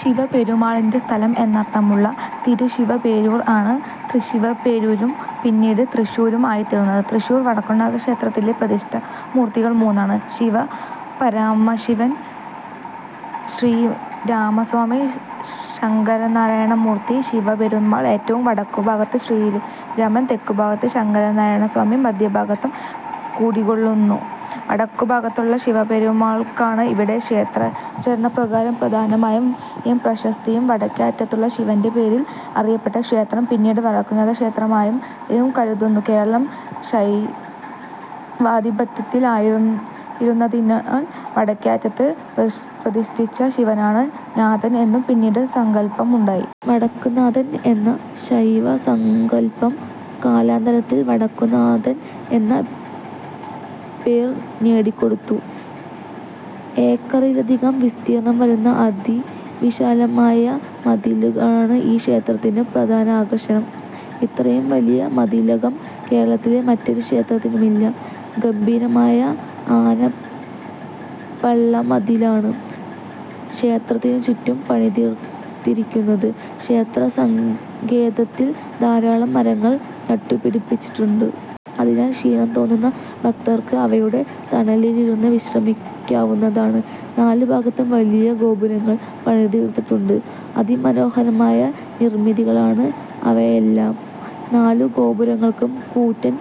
ശിവപെരുമാളിന്റെ സ്ഥലം എന്നർത്ഥമുള്ള തിരു-ശിവ-പേരൂർ ആണ് തൃശ്ശിവപേരൂരും പിന്നീട് തൃശ്ശൂരും ആയിതീർന്നത്. തൃശ്ശൂർ വടക്കുംനാഥക്ഷേത്രത്തിലെ പ്രതിഷ്ഠാമൂർത്തികൾ മൂന്നാണ്; ശ്രീപരമശിവൻ, ശ്രീരാമസ്വാമി ശങ്കരനാരായണമൂർത്തി. ശിവപെരുമാൾ ഏറ്റവും വടക്കുഭാഗത്തും ശ്രീരാമൻ തെക്കുഭാഗത്തും ശങ്കരനാരായണസ്വാമി മദ്ധ്യഭാഗത്തും കുടികൊള്ളുന്നു. വടക്കുഭാഗത്തുള്ള ശിവപ്പെരുമാൾക്കാണ് ഇവിടെ ക്ഷേത്രാചാരപ്രകാരം പ്രാധാന്യമായും പ്രശസ്തിയും. വടക്കേ അറ്റത്തുള്ള ശിവന്റെ പേരിൽ അറിയപ്പെട്ട ക്ഷേത്രം പിന്നീട് വടക്കുംനാഥക്ഷേത്രമായതായും കരുതുന്നു കേരളം ശൈവാധിപത്യത്തിൽ ആയിരുന്നതിനാൽ വടക്കെ അറ്റത്ത് പ്രതിഷ്ഠിച്ച ശിവനാണ് നാഥൻ എന്നു പിന്നീട് സങ്കല്പമുണ്ടായി. "വടക്ക് നാഥൻ" എന്ന ശൈവ സങ്കല്പം കാലാന്തരത്തിൽ വടക്കുന്നാഥൻ എന്ന പേർ നേടിക്കൊടുത്തു.. ഏക്കറിലധികം വിസ്തീർണ്ണം വരുന്ന അതിവിശാലമായ മതിലുകളാണ് ഈ ക്ഷേത്രത്തിന്റെ പ്രധാന ആകർഷണം. ഇത്രയും വലിയ മതിലകം കേരളത്തിലെ മറ്റൊരു ക്ഷേത്രത്തിനുമില്ല. ഗംഭീരമായ ആനപ്പള്ളമതിലാണ് ക്ഷേത്രത്തിനുചുറ്റും പണിതീർത്തിരിയ്ക്കുന്നത്. ക്ഷേത്രസങ്കേതത്തിൽ ധാരാളം മരങ്ങൾ നട്ടുപിടിപ്പിച്ചിട്ടുണ്ട്. അതിനാൽ ക്ഷീണം തോന്നുന്ന ഭക്തർക്ക് അവയുടെ തണലിലിരുന്ന് വിശ്രമിയ്ക്കാവുന്നതാണ്. നാലുഭാഗത്തും വലിയ ഗോപുരങ്ങൾ പണിതീർത്തിട്ടുണ്ട്. അതിമനോഹരമായ നിർമ്മിതികളാണ് അവയല്ലാം. നാലുഗോപുരങ്ങൾക്കും കൂറ്റൻ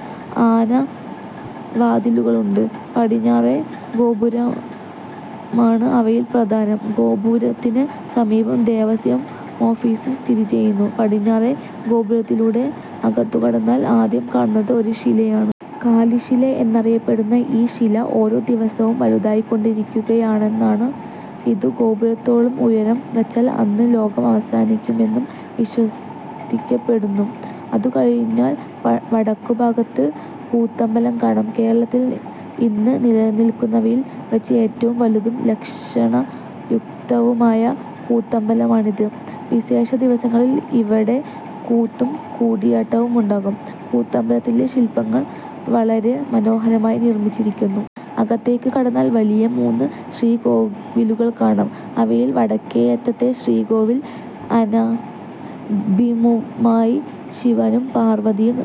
ആനവാതിലുകളുണ്ട്. പടിഞ്ഞാറേ ഗോപുരമാണ് അവയിൽ പ്രധാനം. ഗോപുരത്തിന് സമീപം ദേവസ്വം ഓഫീസ് സ്ഥിതിചെയ്യുന്നു. പടിഞ്ഞാറേ ഗോപുരത്തിലൂടെ അകത്തുകടന്നാൽ ആദ്യം കാണുന്നത് ഒരു ശിലയാണ്. കാലിശില എന്നറിയപ്പെടുന്ന ഈ ശില ഓരോ ദിവസവും വലുതായിക്കൊണ്ടിരിയ്ക്കുകയാണെന്നാണ് ഇത് ഗോപുരത്തോളം ഉയരം വച്ചാൽ അന്ന് ലോകം അവസാനിയ്ക്കുമെന്നും വിശ്വസിയ്ക്കപ്പെടുന്നു. അതുകഴിഞ്ഞാൽ വടക്കുഭാഗത്ത് കൂത്തമ്പലം കാണാം. കേരളത്തിൽ ഇന്ന് നിലനിൽക്കുന്നവയിൽ വച്ച് ഏറ്റവും വലുതും ലക്ഷണയുക്തവുമായ കൂത്തമ്പലമാണിത്. വിശേഷദിവസങ്ങളിൽ ഇവിടെ കൂത്തും കൂടിയാട്ടവുമുണ്ടാകും. കൂത്തമ്പലത്തിലെ ശില്പങ്ങൾ വളരെ മനോഹരമായി നിർമ്മിച്ചിരിയ്ക്കുന്നു. അകത്തേയ്ക്ക് കടന്നാൽ വലിയ മൂന്ന് ശ്രീകോവിലുകൾ കാണാം. അവയിൽ വടക്കേയറ്റത്തെ ശ്രീകോവിൽ അനഭിമുഖമായി ശിവനും പാർവ്വതിയും,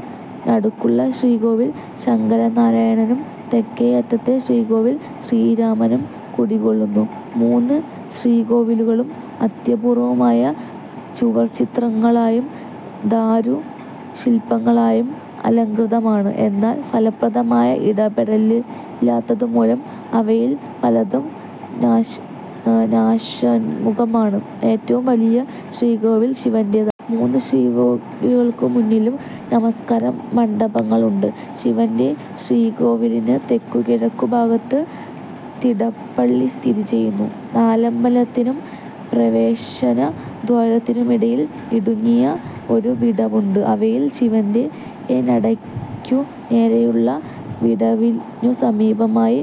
നടുക്കുള്ള ശ്രീകോവിലിൽ ശങ്കരനാരായണനും, തെക്കേയറ്റത്തെ ശ്രീകോവിലിൽ ശ്രീരാമനും കുടികൊള്ളുന്നു. മൂന്ന് ശ്രീകോവിലുകളും അത്യപൂർവ്വമായ ചുവർച്ചിത്രങ്ങളായും ദാരുശില്പങ്ങളായും അലംകൃതമാണ്. എന്നാൽ ഫലപ്രദമായ ഇടപെടലില്ലാത്തതുമൂലം അവയിൽ പലതും നാശോന്മുഖമാണ്. ഏറ്റവും വലിയ ശ്രീകോവിൽ ശിവന്റേതാണ്. മൂന്ന് ശ്രീകോവിലുകൾക്കുമുന്നിലും നമസ്കാരമണ്ഡപങ്ങളുണ്ട്. ശിവന്റെ ശ്രീകോവിലിന് തെക്കുകിഴക്കുഭാഗത്ത് തിടപ്പള്ളി സ്ഥിതി ചെയ്യുന്നു. നാലമ്പലത്തിനും പ്രവേശനദ്വാരത്തിനുമിടയിൽ ഇടുങ്ങിയ ഒരു വിടവുണ്ട്. അവയിൽ ശിവന്റെ നടയ്ക്കുനേരെയുള്ള വിടവിനുസമീപമായി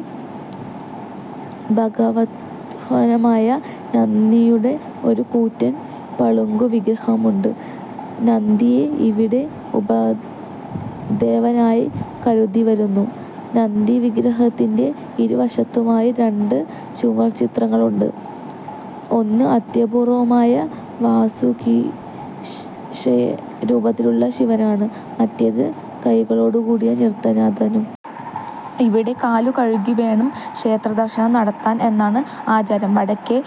ഭഗവദ്വാഹനമായ നന്തിയുടെ ഒരു കൂറ്റൻ പളുങ്കുവിഗ്രഹമുണ്ട്. നന്തിയെ ഇവിടെ ഉപദേവനായി കരുതിവരുന്നു. നന്തിവിഗ്രഹത്തിന്റെ ഇരുവശത്തുമായി രണ്ട് ചുവർച്ചിത്രങ്ങളുണ്ട്. ഒന്ന്, അത്യപൂർവ്വമായ വാസുകീശയനരൂപത്തിലുള്ള ശിവനാണ്; മറ്റേത്, കൈകളോടുകൂടിയ നൃത്തനാഥനും. ഇവിടെ കാലുകഴുകിവേണം ക്ഷേത്രദർശനം നടത്താൻ എന്നാണ് ആചാരം. വടക്കേ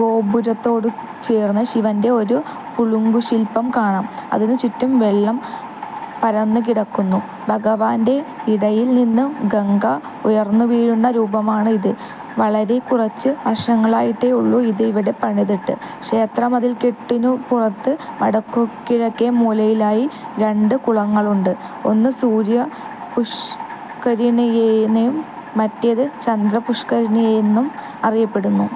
ഗോപുരത്തോടുചേർന്ന് ശിവന്റെ ഒരു കുളുങ്കുശില്പം കാണാം. അതിനുചുറ്റും വെള്ളം പരന്നുകിടക്കുന്നു. ഭഗവാന്റെ ഇടയിൽ നിന്നും ഗംഗ ഉയർന്നുവീഴുന്ന രൂപമാണ് ഇത്. വളരെ കുറച്ച് വർഷങ്ങളായിട്ടേയുള്ളൂ ഇത് ഇവിടെ പണിതിട്ട്. ക്ഷേത്രമതിൽക്കെട്ടിനുപുറത്ത് വടക്കുകിഴക്കേമൂലയിലായി രണ്ട് കുളങ്ങളുണ്ട്. ഒന്ന് സൂര്യപുഷ്കരിണിയെന്നും മറ്റേത് ചന്ദ്രപുഷ്കരിണിയെന്നും അറിയപ്പെടുന്നു.